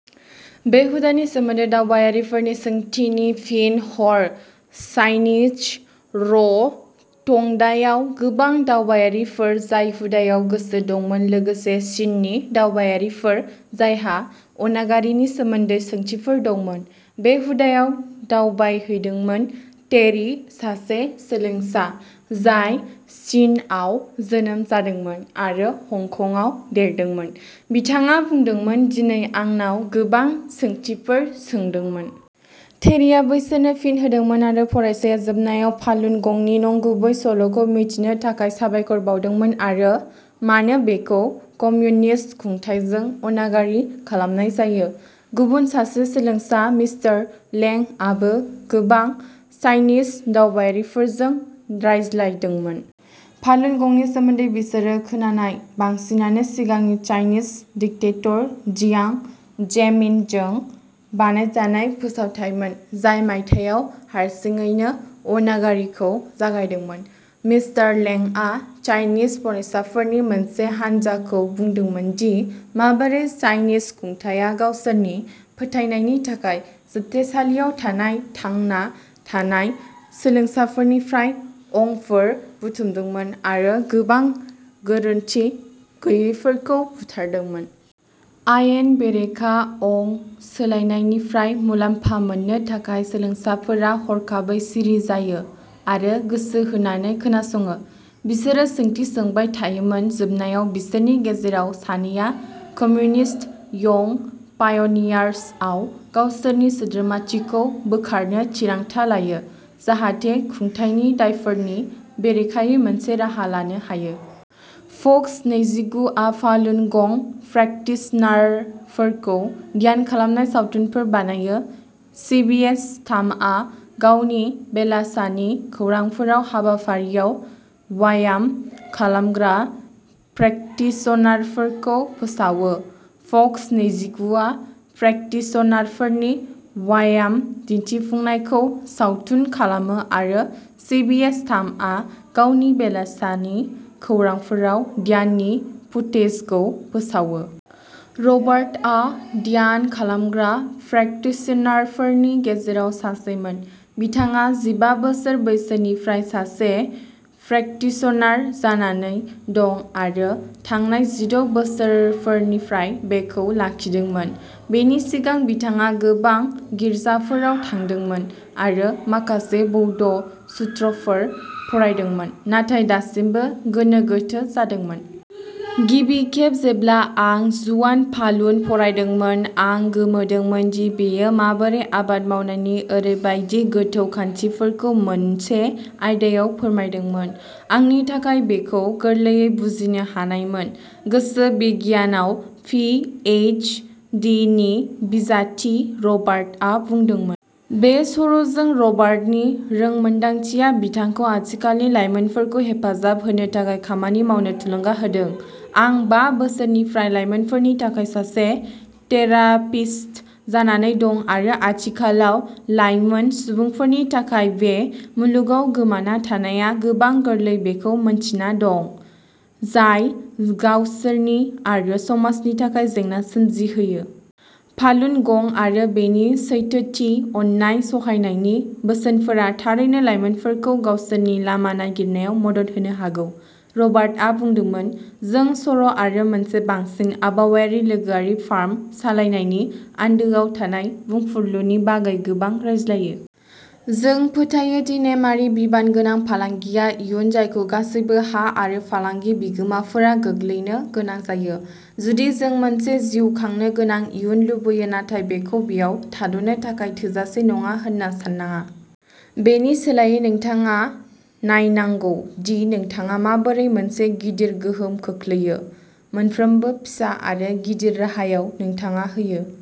बे हुदानि सोमोन्दै दावबायारिफोरनि सोंथिनि फिन हर। चाइनिज र' टुंडायाव गोबां दावबायारिफोर जाय हुदायाव गोसो दंमोन, लोगोसे चीननि दावबायारिफोर जायहा अनागारिनि सोमोन्दै सोंथिफोर दंमोन, बे हुदायाव दावबायहैदोंमोन। टेरि, सासे सोलोंसा जाय चीनआव जोनोम जादोंमोन आरो हंकंआव देरदोंमोन, बिथाङा बुंदोंमोन, "दिनै आंनाव गोबां सोंथिफोर सोंदोंमोन।" टेरिआ बैसोरनो फिन होदोंमोन आरो फरायसाया जोबनायाव फालुन गंनि नंगुबै सल'खौ मिथिनो थाखाय साबायखर बावदोंमोन आरो मानो बेखौ कम्युनिस्ट खुंथायजों अनागारि खालामनाय जायो। गुबुन सासे सोलोंसा, मिस्टार लें, आबो गोबां चाइनीज दावबायारिफोरजों रायज्लायदोंमोन। फालुन गंनि सोमोन्दै बिसोरो खोनानाय बांसिनानो सिगांनि चाइनीज डिक्टेटर जियांग जेमिनजों बानायजानाय फोसावथायमोन, जाय मायथाइयाव हारसिङैनो अनागारिखौ जागायदोंमोन। मिस्टार लेंआ चाइनीज फरायसाफोरनि मोनसे हानजाखौ बुंदोंमोन दि माबोरै चाइनीज खुंथायआ गावसोरनि फोथायनायनि थाखाय जोबथेसालियाव थानाय थांना थानाय सोलोंसाफोरनिफ्राय अंगफोर बुथुमदोंमोन आरो गोबां गोरोनथि गैयैफोरखौ बुथारदोंमोन। आयेन बेरेखा अंग सोलायनायनिफ्राय मुलाम्फा मोननो थाखाय सोलोंसाफोरा हरखाबै सिरि जायो आरो गोसो होनानै खोनासङो। बिसोरो सोंथि सोंबाय थायोमोन। जोबनायाव, बिसोरनि गेजेराव सानैया कमिउनिस्ट यंग पायनियार्सआव गावसोरनि सोद्रोमाथिखौ बोखारनो थिरांथा लायो, जाहाथे खुंथायनि दायफोरनि बेरेखायै मोनसे राहा लानो हायो। फक्स नैजिगु आ फालुन गं प्रेकटिशनारफोरखौ ध्यान खालामनाय सावथुनफोर बानायो। सिबिएस थामआ गावनि बेलासानि खौरांफोराव हाबाफारियाव व्यायाम खालामग्रा प्रेकटिशनारफोरखौ फोसावो। फक्स नैजिगुआ प्रेकटिशनारफोरनि व्यायाम दिन्थिफुंनायखौ सावथुन खालामो आरो सिबिएस थामआ गावनि बेलासानि खौरांफोराव ध्याननि फुटेजखौ फोसावो। रबार्टआ ध्यान खालामग्रा प्रेकटिशनारफोरनि गेजेराव सासेमोन। बिथाङा जिबा बोसोर बैसोनिफ्राय सासे प्रेकटिशनार जानानै दं आरो थांनाय जिद' बोसोरफोरनिफ्राय बेखौ लाखिदोंमोन। बेनि सिगां बिथाङा गोबां गिर्जाफोराव थांदोंमोन आरो माखासे बौद्ध सुत्रफोर फरायदोंमोन नाथाय दासिमबो गोनो गोथो जादोंमोन। "गिबि खेब जेब्ला आं झुआन फालुन फरायदोंमोन, आं गोमोदोंमोन दि बेयो माबोरै आबाद मावनायनि ओरैबायदि गोथौ खान्थिफोरखौ मोनसे आयदायाव फोरमायदोंमोन। आंनि थाखाय बेखौ गोरलैयै बुजिनो हानायमोन", गोसो बिगियानाव पि एइच डि नि बिजाथि रबार्टआ बुंदोंमोन। बे सर'जों रबार्टनि रोंमोन्दांथिया बिथांखौ आथिखालनि लाइमोनफोरखौ हेफाजाब होनो थाखाय खामानि मावनो थुलुंगा होदों।" आं बा बोसोरनिफ्राय लाइमोनफोरनि थाखाय सासे थेरापिस्ट जानानै दं आरो आथिखालाव लाइमोन सुबुंफोरनि थाखाय बे मुलुगाव गोमाना थानाया बेसेबां गोरलै बेखौ मिन्थिना दं, जाय गावसोरनि आरो समाजनि थाखाय जेंना सोमजिहोयो। फालुन गं आरो बेनि सैथोथि अननाय सहायनायनि बोसोनफोरा थारैनो लाइमोनफोरखौ गावसोरनि लामा नागिरनायाव मदद होनो हागौ ", रबार्टआ बुंदोंमोन। जों सर' आरो मोनसे बांसिन आबहावायारि लोगोआरि फार्म सालायनायनि आन्दोआव थानाय बुंफुरलुनि बागै गोबां रायज्लायो। जों फोथायो दि नेमआरि, बिबानगोनां फालांगिया इयुन जायखौ गासैबो हा आरो फालांगि बिगोमाफोरा गोग्लैनो गोनां जायो जुदि जों मोनसे जिउ खांनो गोनां इयुन लुबैयो। नाथाय बेखौ बेयाव थाद'नो थाखाय थोजासे नङा होन्ना साननाङा। बेनि सोलायै, नोंथाङा नायनांगौ दि नोंथाङा माबोरै मोनसे गिदिर गोहोम खोख्लैयो। मोनफ्रोमबो फिसा आरो गिदिर राहायाव नोंथाङा होयो।